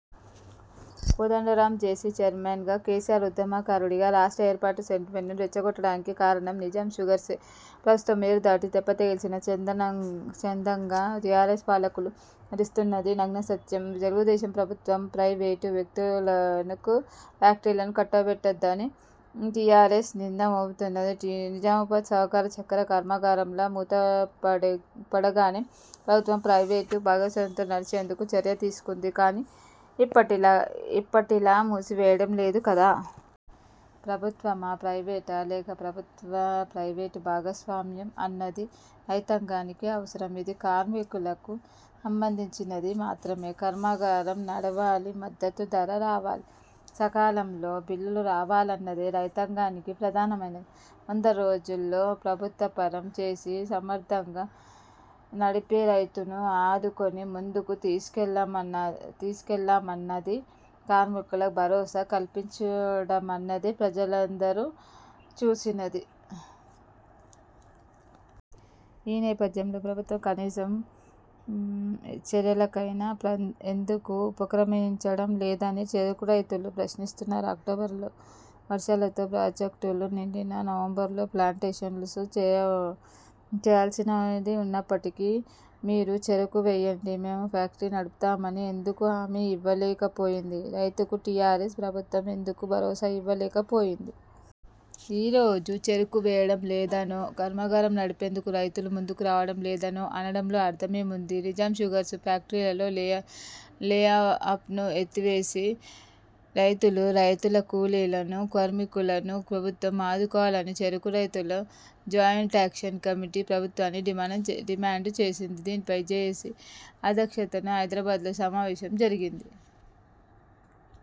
Kodandaram JAC చైర్మన్గా, KCR ఉద్యమకారుడిగా రాష్ట్ర ఏర్పాటు సెంటిమెంట్ను రెచ్చగొట్టడానికి కారణం నిజాం షుగర్సే. ప్రస్తుతం ఏరుదాటి తెప్పతగలేసిన చందంగా టీఆర్ఎస్ పాలకులు వ్యవహరిస్తున్నరన్నది నగ్న సత్యం. తెలుగుదేశం ప్రభుత్వం ప్రైవేటు వ్యక్తులకు ఫ్యాక్టరీలను కట్టబెట్టిందని టీఆర్ఎస్ నింద మోపుతున్నది. నిజామాబాద్ సహకార చక్కెర కర్మాగారంలా మూత పడగానే ప్రభుత్వం ప్రైవేటు భాగస్వామ్యంతో నడిచేందుకే చర్య తీసుకుంది కానీ, ఇప్పటిలా మూసివేయలేదు కదా? ప్రభుత్వమా? ప్రైవేటా? లేక ప్రభుత్వ, ప్రైవేటు భాగస్వామ్యం అన్నది రైతాంగానికి అనవసరం. ఇది కార్మికులకు సంబంధించినది మాత్రమే. కర్మాగారం నడవాలి మద్దతు ధర రావాలి. సకాలంలో బిల్లులు రావాలన్నదే రైతాంగానికి ప్రధానమైనది. వంద రోజుల్లో ప్రభుత్వపరం చేసి సమర్థంగా నడిపి రైతును ఆదుకుని ముందుకు తీసుకెళ్లామన్నది కార్మికులకు భరోసా కల్పించడమన్నదే ప్రజలెదురు చూసినది. ఈ నేపథ్యంలో ప్రభుత్వం కనీస చర్యలకైనా ఎందుకు ఉపక్రమించడం లేదని చెరకు రైతులు ప్రశ్నిస్తున్నారు. అక్టోబరులో వర్షాలతో ప్రాజెక్టులు నిండినా నవంబరులో ప్లాంటేషన్స్ చేయాల్సి ఉన్నప్పటికీ మీరు చెరకు వేయండి మేము ఫ్యాక్టరీ నడుపుతామని ఎందుకు హామీ ఇవ్వలేకపోయింది. రైతుకు టీఆర్ఎస్ ప్రభుత్వం ఎందుకు భరోసా ఇవ్వలేక పోయింది? ఈ రోజు చెరకు వేయడం లేదనో, కర్మాగారం నడిపేందుకు రైతులు ముందుకు రావడం లేదనో అనడంలో అర్థమేముంది? నిజాం షుగర్స్ ఫ్యాక్టరీల లేఆఫ్ను ఎత్తివేసి రైతులు, రైతు కూలీల, కార్మికులను ప్రభుత్వం ఆదుకోవాలని చెరకు రైతుల జాయింట్ యాక్షన్ కమిటీ ప్రభుత్వాన్ని డిమాండ్ చేసింది. దీనిపై జేఏసీ అధ్యక్షతన హైదరాబాద్లో సమావేశం జరిగింది.